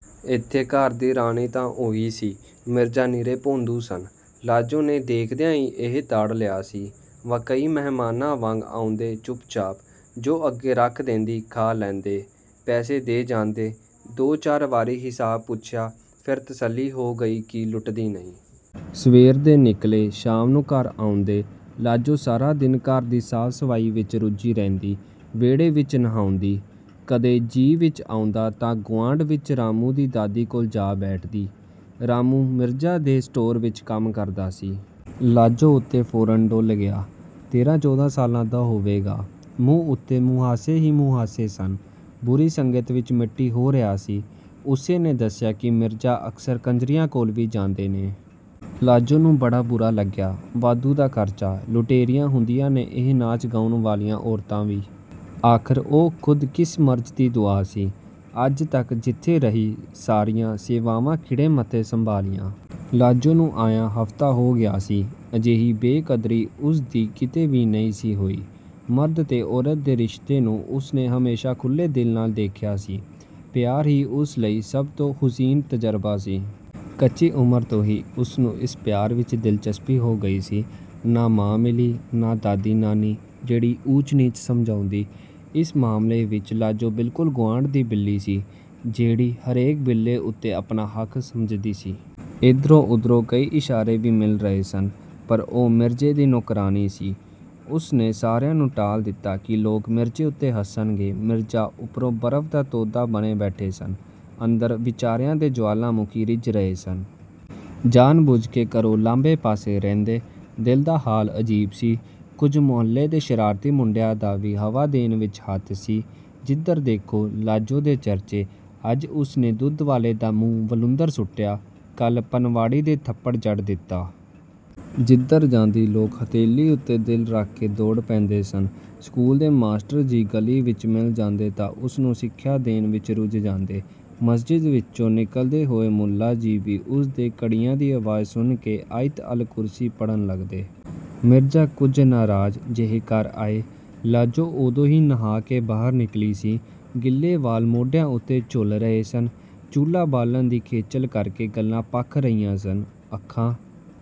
ਇੱਥੇ ਘਰ ਦੀ ਰਾਣੀ ਤਾਂ ਉਹੀ ਸੀ। ਮਿਰਜਾ ਨਿਰੇ ਭੌਂਦੂ ਸਨ—ਲਾਜੋ ਨੇ ਦੇਖਦਿਆਂ ਹੀ ਇਹ ਤਾੜ ਲਿਆ ਸੀ। ਵਾਕਈ ਮਹਿਮਾਨਾਂ ਵਾਂਗ ਆਉਂਦੇ—ਚੁੱਪਚਾਪ। ਜੋ ਅੱਗੇ ਰੱਖ ਦੇਂਦੀ, ਖਾ ਲੈਂਦੇ। ਪੈਸੇ ਦੇ ਜਾਂਦੇ। ਦੋ-ਚਾਰ ਵਾਰੀ ਹਿਸਾਬ ਪੁੱਛਿਆ, ਫਿਰ ਤਸੱਲੀ ਹੋ ਗਈ ਕਿ ਲੁੱਟਦੀ ਨਹੀਂ। ਸਵੇਰ ਦੇ ਨਿਕਲੇ, ਸ਼ਾਮ ਨੂੰ ਘਰ ਆਉਂਦੇ। ਲਾਜੋ ਸਾਰਾ ਦਿਨ ਘਰ ਦੀ ਸਾਫ਼-ਸਫ਼ਾਈ ਵਿੱਚ ਰੁੱਝੀ ਰਹਿੰਦੀ। ਵਿਹੜੇ ਵਿੱਚ ਨਹਾਉਂਦੀ। ਕਦੇ ਜੀਅ ਵਿੱਚ ਆਉਂਦਾ ਤਾਂ ਗੁਆਂਢ ਵਿੱਚ ਰਾਮੂ ਦੀ ਦਾਦੀ ਕੋਲ ਜਾ ਬੈਠਦੀ। ਰਾਮੂ ਮਿਰਜਾ ਦੇ ਸਟੋਰ ਵਿੱਚ ਕੰਮ ਕਰਦਾ ਸੀ। ਲਾਜੋ ਉੱਤੇ ਫੌਰਨ ਡੁੱਲ੍ਹ ਗਿਆ। ਤੇਰਾਂ-ਚੌਦਾਂ ਸਾਲ ਦਾ ਹੋਵੇਗਾ। ਮੂੰਹ ਉੱਤੇ ਮੁਹਾਸੇ ਹੀ ਮੁਹਾਸੇ ਸਨ। ਬੁਰੀ ਸੰਗਤ ਵਿੱਚ ਮਿੱਟੀ ਹੋ ਰਿਹਾ ਸੀ। ਉਸੇ ਨੇ ਦੱਸਿਆ ਕਿ ਮਿਰਜਾ ਅਕਸਰ ਕੰਜਰੀਆਂ ਕੋਲ ਵੀ ਜਾਂਦੇ ਨੇ। ਲਾਜੋ ਨੂੰ ਬੜਾ ਬੁਰਾ ਲੱਗਿਆ। ਵਾਧੂ ਦਾ ਖਰਚਾ। ਲੁਟੇਰੀਆਂ ਹੁੰਦੀਆਂ ਨੇ ਇਹ ਨਾਚਣ-ਗਾਉਣ ਵਾਲੀਆਂ ਔਰਤਾਂ ਵੀ। ਆਖ਼ਰ ਉਹ ਖੁਦ ਕਿਸ ਮਰਜ਼ ਦੀ ਦੁਆ ਸੀ? ਅੱਜ ਤੱਕ ਜਿੱਥੇ ਰਹੀ, ਸਾਰੀਆਂ ਸੇਵਾਵਾਂ ਖਿੜੇ ਮੱਥੇ ਸੰਭਾਲੀਆਂ। ਲਾਜੋ ਨੂੰ ਆਇਆਂ ਹਫ਼ਤਾ ਹੋ ਗਿਆ ਸੀ। ਅਜਿਹੀ ਬੇਕਦਰੀ ਉਸਦੀ ਕਿਤੇ ਵੀ ਨਹੀਂ ਸੀ ਹੋਈ। ਮਰਦ ਤੇ ਔਰਤ ਦੇ ਰਿਸ਼ਤੇ ਨੂੰ ਉਸਨੇ ਹਮੇਸ਼ਾ ਖੁੱਲ੍ਹੇ ਦਿਲ ਨਾਲ ਦੇਖਿਆ ਸੀ। ਪਿਆਰ ਹੀ ਉਸ ਲਈ ਸਭ ਤੋਂ ਹੁਸੀਨ ਤਜ਼ਰਬਾ ਸੀ। ਕੱਚੀ ਉਮਰ ਤੋਂ ਹੀ ਉਸਨੂੰ ਇਸ ਪਿਆਰ ਵਿੱਚ ਦਿਲਚਸਪੀ ਹੋ ਗਈ ਸੀ। ਨਾ ਮਾਂ ਮਿਲੀ, ਨਾ ਦਾਦੀ-ਨਾਨੀ, ਜਿਹੜੀ ਊਚ-ਨੀਚ ਸਮਝਾਉਂਦੀ। ਇਸ ਮਾਮਲੇ ਵਿੱਚ ਲਾਜੋ ਬਿਲਕੁਲ ਗੁਆਂਢ ਦੀ ਬਿੱਲੀ ਸੀ, ਜਿਹੜੀ ਹਰੇਕ ਬਿੱਲੇ ਉੱਤੇ ਆਪਣਾ ਹੱਕ ਸਮਝਦੀ ਸੀ। ਇੱਧਰੋਂ-ਉੱਧਰੋਂ ਕਈ ਇਸ਼ਾਰੇ ਵੀ ਮਿਲ ਰਹੇ ਸਨ, ਪਰ ਉਹ ਮਿਰਜੇ ਦੀ ਨੌਕਰਾਣੀ ਸੀ। ਉਸਨੇ ਸਾਰਿਆਂ ਨੂੰ ਟਾਲ ਦਿੱਤਾ ਕਿ ਲੋਕ ਮਿਰਜੇ ਉੱਤੇ ਹੱਸਣਗੇ। ਮਿਰਜਾ ਉੱਪਰੋਂ ਬਰਫ਼ ਦਾ ਤੋਦਾ ਬਣੇ ਬੈਠੇ ਸਨ, ਅੰਦਰ ਵਿਚਾਰਿਆਂ ਦੇ ਜਵਾਲਾਮੁਖੀ ਰਿੱਝ ਰਹੇ ਸਨ। ਜਾਣ-ਬੁੱਝ ਕੇ ਘਰੋਂ ਲਾਂਭੇ-ਪਾਸੇ ਰਹਿੰਦੇ। ਦਿਲ ਦਾ ਹਾਲ ਅਜੀਬ ਸੀ। ਕੁਝ ਮੁਹੱਲੇ ਦੇ ਸ਼ਰਾਰਤੀ ਮੁੰਡਿਆਂ ਦਾ ਵੀ ਹਵਾ ਦੇਣ ਵਿੱਚ ਹੱਥ ਸੀ। ਜਿੱਧਰ ਦੇਖੋ, ਲਾਜੋ ਦੇ ਚਰਚੇ। ਅੱਜ ਉਸਨੇ ਦੁੱਧ ਵਾਲੇ ਦਾ ਮੂੰਹ ਵਲੂੰਧਰ ਸੁੱਟਿਆ, ਕੱਲ੍ਹ ਪਨਵਾੜੀ ਦੇ ਥੱਪੜ ਜੜ ਦਿੱਤਾ। ਜਿੱਧਰ ਜਾਂਦੀ, ਲੋਕ ਹਥੇਲੀ ਉੱਤੇ ਦਿਲ ਰੱਖ ਕੇ ਦੌੜ ਪੈਂਦੇ ਸਨ। ਸਕੂਲ ਦੇ ਮਾਸਟਰ ਜੀ ਗਲੀ ਵਿੱਚ ਮਿਲ ਜਾਂਦੇ ਤਾਂ ਉਸਨੂੰ ਸਿੱਖਿਆ ਦੇਣ ਵਿੱਚ ਰੁੱਝ ਜਾਂਦੇ। ਮਸਜਿਦ ਵਿੱਚੋਂ ਨਿਕਲਦੇ ਹੋਏ ਮੁੱਲਾ ਜੀ ਵੀ ਉਸਦੇ ਕੜਿਆਂ ਦੀ ਆਵਾਜ਼ ਸੁਣ ਕੇ ਆਇਤ-ਅਲ-ਕੁਰਸੀ ਪੜ੍ਹਨ ਲੱਗਦੇ। ਮਿਰਜਾ ਕੁਝ ਨਾਰਾਜ਼, ਜਿਹੇ ਘਰ ਆਏ। ਲਾਜੋ ਉਦੋਂ ਹੀ ਨਹਾ ਕੇ ਬਾਹਰ ਨਿਕਲੀ ਸੀ। ਗਿੱਲੇ ਵਾਲ ਮੋਢਿਆਂ ਉੱਤੇ ਝੂਲ ਰਹੇ ਸਨ। ਚੁੱਲ੍ਹਾ ਬਾਲਣ ਦੀ ਖੇਚਲ ਕਰਕੇ ਗੱਲ੍ਹਾਂ ਭਖ ਰਹੀਆਂ ਸਨ, ਅੱਖਾਂ...